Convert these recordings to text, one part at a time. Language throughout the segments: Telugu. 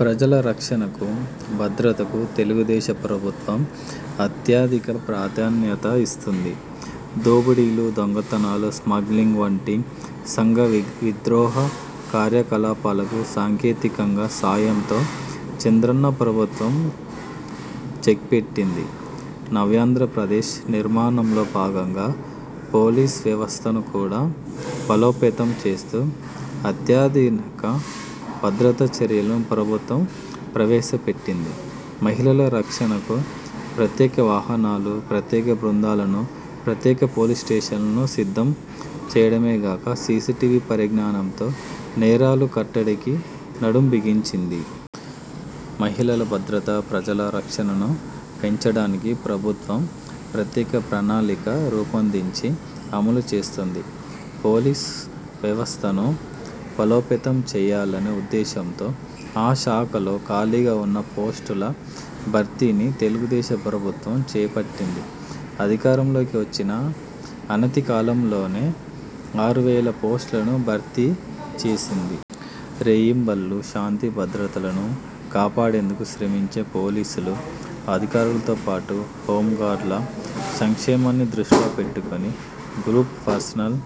ప్రజల రక్షణకు, భద్రతకు తెలుగుదేశ ప్రభుత్వం అత్యాధిక ప్రాధాన్యత ఇస్తుంది. దోపిడీలు, దొంగతనాలు, స్మగ్లింగ్, వంటి సంఘ విద్రోహ కార్యకలాపాలకు సాంకేతికత సాయంతో చంద్రన్న ప్రభుత్వం చెక్పెట్టింది. నవ్యాంధ్రప్రదేశ్ నిర్మాణంలో భాగంగా పోలీసు వ్యవస్థను కూడా బలోపేతం చేస్తూ అత్యాధునిక భద్రతా చర్యలను ప్రభుత్వం ప్రవేశపెట్టింది. మహిళల రక్షణకు ప్రత్యేక వాహనాలు, ప్రత్యేక బృందాలను, ప్రత్యేక పోలీస్ స్టెషన్లను సిద్ధం చేయడమే గాక, సీసీటీవీ పరిజ్ఞానంతో నేరాల కట్టడికి నడుం బిగించింది. మహిళల భద్రత, ప్రజల రక్షణను పెంచడానికి ప్రభుత్వం ప్రత్యేక ప్రణాళిక రూపొందించి అమలు చేస్తోంది. పోలీసు వ్యవస్థను బలోపేతం చేయాలనే ఉద్దేశంతో ఆ శాఖలో ఖాళీగా ఉన్న పోస్టుల భర్తీని తెలుగుదేశ ప్రభుత్వం చేపట్టింది. అధికారంలోకి వచ్చిన అనతి కాలంలోనే ఆరు వేల పోస్టులను భర్తీ చేసింది. రేయింబవళ్లు శాంతి భద్రతలను కాపాడేందుకు శ్రమించే పోలీసులు, అధికారులతో పాటు హోంగార్డుల సంక్షేమాన్ని దృష్టిలో పెట్టుకొని గ్రూప్ పర్సనల్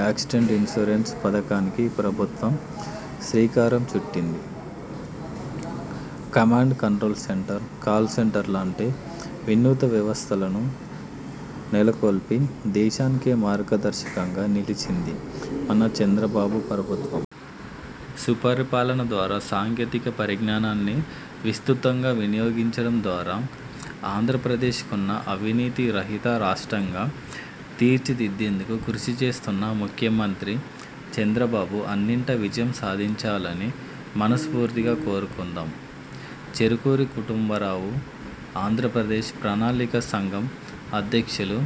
యాక్సిడెంట్స్ ఇన్సూరెన్స్ పథకానికి ప్రభుత్వం శ్రీకారం చుట్టింది. Command control centre, call centre లాంటి వినూత్న వ్యవస్థలను నెలకొల్పి దేశానికే మార్గదర్శకంగా నిలిచింది మన చంద్రబాబు ప్రభుత్వం. సుపరిపాలన ద్వారా సాంకేతిక పరిజ్ఞానాన్ని విస్తృతంగా వినియోగించడం ద్వారా ఆంధ్రప్రదేశ్ను అవినీతిరహిత రాష్ట్రంగా తీర్చిదిద్దేందుకు కృషి చేస్తున్న ముఖ్యమంత్రి చంద్రబాబు అన్నింటా విజయం సాధించాలని మనస్ఫూర్తిగా కోరుకుందాం. చెరుకూరి కుటుంబరావుఆంధ్రప్రదేశ్ ప్రణాళికా సంఘం ఉపాధ్యక్షులు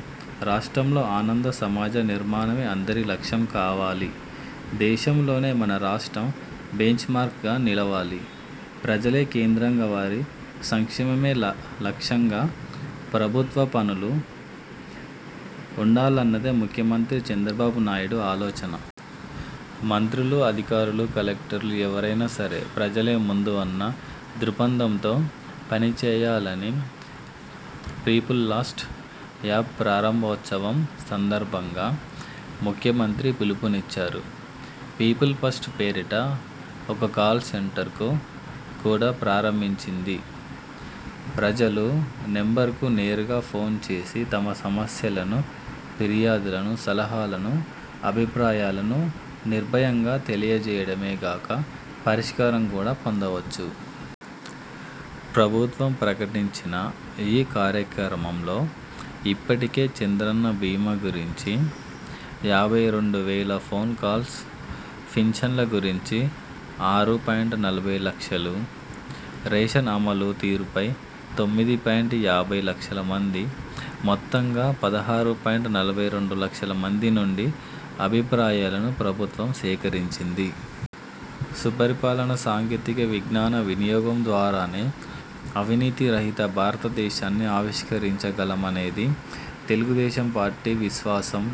రాష్ట్రంలో ఆనంద సమాజ నిర్మాణమే అందరి లక్ష్యం కావాలి, దేశంలోనే మన రాష్ట్రం బెంచ్మార్క్ గా నిలవాలి, ప్రజలే కేంద్రంగా వారి సంక్షేమమే లక్ష్యంగా ప్రభుత్వ పనులు ఉండాలన్నదే ముఖ్యమంత్రి చంద్రబాబునాయుడి అలోచన. మంత్రులు, అధికారులు, కలెక్టర్లు, ఎవరైనా సరే ప్రజలే ముందు అన్న దృక్పథంతో పనిచేయాలని పీపుల్ఫస్ట్ యాప్ ప్రారంభోత్సవం సందర్భంగా ముఖ్యమంత్రి పిలుపునిచ్చారు. పీపుల్ ఫస్ట్ పేరిట ఒక కాల్ సెంటర్కు కూడా ప్రారంభించింది. ప్రజలు నెంబరుకు నేరుగా ఫోన్ చేసి తమ సమస్యలను, ఫిర్యాదులను, సలహాలను, అభిప్రాయాలను నిర్భయంగా తెలియచేయడమే గాక, పరిష్కారం కూడా పొందవచ్చు. ప్రభుత్వం ప్రకటించిన ఈ కార్యక్రమంలో ఇప్పటికే చంద్రన్న బీమా గురించి యాభై రెండు వేల ఫోన్ కాల్స్, పింఛన్ల గురించి ఆరు పాయింట్ నలభై లక్షలు, రేషన్ అమలు తీరుపై తొమ్మిది పాయింట్ యాభై లక్షల మంది. మొత్తంగా పదహారు పాయింట్ నలభై రెండు లక్షల మంది నుండి అభిప్రాయాలను ప్రభుత్వం సేకరించింది. సుపరిపాలన, సాంకేతిక విజ్ఞాన వినియోగం ద్వారానే అవినీతి రహిత భారతదేశాన్ని ఆవిష్కరించ గలమనేది తెలుగుదేశం పార్టీ విశ్వాసం.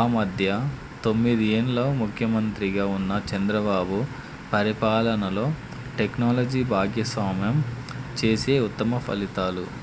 ఆ మధ్య తొమ్మిది ఏళ్లు ముఖ్యమంత్రిగా ఉన్న చంద్రబాబు పరిపాలనలో టెక్నాలజీని భాగస్వామ్యం చేసి ఉత్తమ ఫలితాలు